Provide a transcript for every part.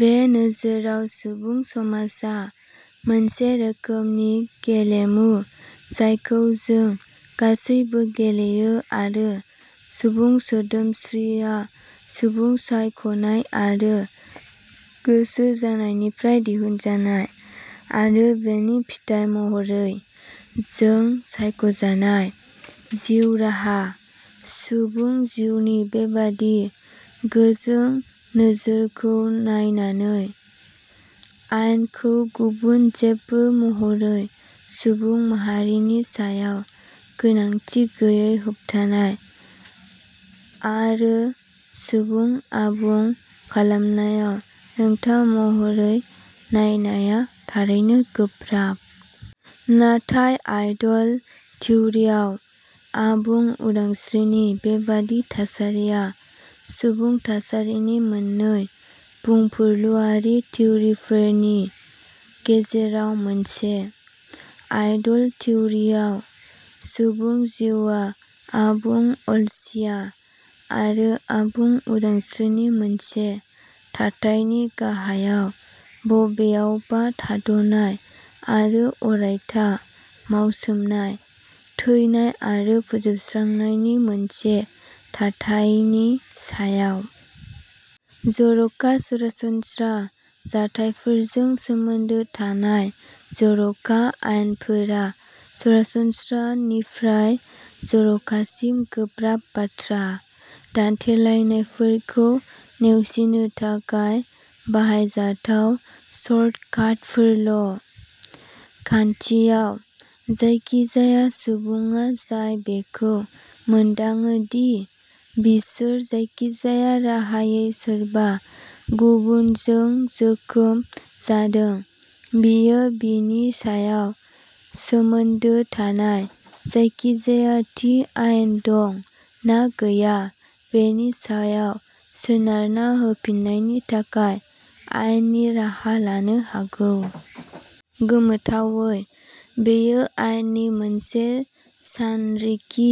बे नोजोराव सुबुं समाजआ मोनसे रोखोमनि गेलेमु जायखौ जों गासैबो गेलेयो आरो सुबुं सोदोमस्रिआ सुबुं सायख'नाय आरो गोसो जानायनिफ्राय दिहुनजानाय आरो बेनि फिथाइ महरै'जोंनि सायख'जानाय जिउ राहा'। सुबुं जिउनि बेबादि गोजों नोजोरखौ नायनानै आयेनखौ गुबुन जेबो महरै सुबुं माहारिनि सायाव गोनांथि गैयै होबथानाय आरो सुबुं आबुं खालामनायाव हेंथा महरै नायनाया थारैनो गोब्राब। नाथाय आइडल थिउरियाव आबुं उदांस्रिनि बेबादि थासारिया सुबुं थासारिनि मोननै बुंफुरलुआरि थिउरिफोरनि गेजेराव मोनसे। आइडल थिउरियाव, सुबुं जिउआ आबुं अलसिया आरो आबुं उदांस्रिनि मोनसे थाथायनि गाहायाव बबेयावबा थाद'नाय आरो अरायथा मावसोमनाय, थैनाय आरो फोजोबस्रांनायनि मोनसे थाथायनि सायाव। जर'खा सरासनस्रा जाथायफोरजों सोमोन्दो थानाय जर'खा आयेनफोरा सरासनस्रा निफ्राय जर'खासिम गोब्राब बाथ्रा दान्थेलायनायफोरखौ नेवसिनो थाखाय बाहायजाथाव शर्टकाटफोरल'। खान्थियाव, जायखिजाया सुबुङा जाय बेखौ मोनदाङो दि बिसोर जायखिजाया राहायै सोरबा गुबुनजों जोखोम जादों, बियो बेनि सायाव सोमोन्दो थानाय जायखिजाया थि आयेन दं ना गैया बेनि सायाव सोनारना होफिन्नायनि थाखाय आयेननि राहा लानो हागौ। गोमोथावै, बेयो आयेननि मोनसे सानरिखि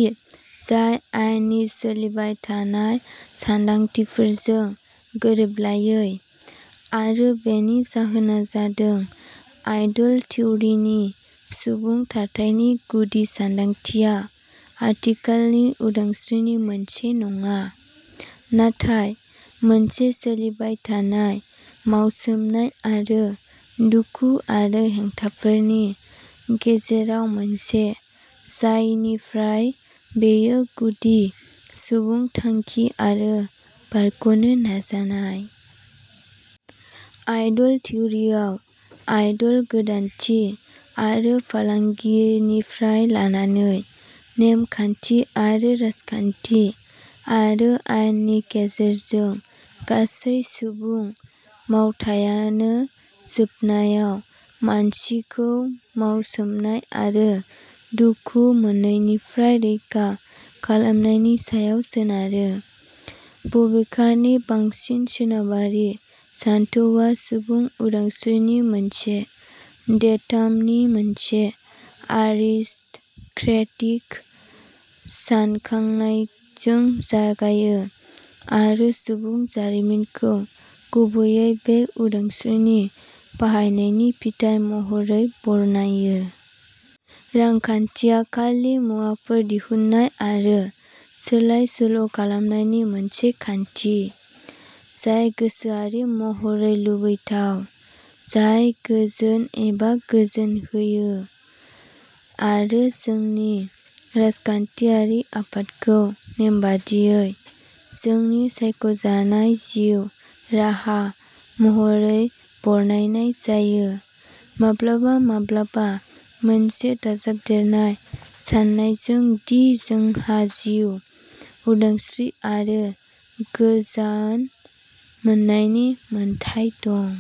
जाय आयेननि सोलिबाय थानाय सानदांथिफोरजों गोरोबलायै। आरो बेनि जाहोना जादों आइडल थिउरिनि सुबुं थाथायनि गुदि सानदांथिया आथिखालनि उदांस्रिनि मोनसे नङा, नाथाय मोनसे सोलिबाय थानाय मावसोमनाय आरो दुखु आरो हेंथाफोरनि गेजेराव मोनसे, जायनिफ्राय बेयो गुदि सुबुं थांखि आरो बारग'नो नाजानाय। आइडल थिउरियाव, आइडल गोदानथि आरो फालांगिनिफ्राय लानानै, नेम खान्थि आरो राजखान्थि आरो आयेननि गेजेरजों, गासै सुबुं मावथायानो जोबनायाव मानसिखौ मावसोमनाय आरो दुखु मोन्नायनिफ्राय रैखा खालामनायनि सायाव सोनारो। बबेखानि, बांसिन सोनाबारि सानथौआ सुबुं उदांस्रिनि मोनसे डेटामनि मोनसे आरिस्ट'क्रेटिक सानखांनायजों जागायो, आरो सुबुं जारिमिनखौ गुबैयै बे उदांस्रिनि बाहायनायनि फिथाइ महरै बरनायो। रांखान्थिया खालि मुवाफोर दिहुन्नाय आरो सोलाय-सोल'खालामनायनि मोनसे खान्थि, जाय गोसोआरि महरै लुबैथाव, जाय गोजोन एबा गोजोन होयो। आरो जोंनि राजखान्थियारि आफादखौ नेमबादियै "जोंनि सायख'जानाय जिउ राहा" महरै बरनायनाय जायो, माब्लाबा माब्लाबा मोनसे दाजाबदेरनाय सान्नायजों दि जोंहा "जिउ, उदांस्रि आरो गोजोन मोन्नायनि मोन्थाइ दं"।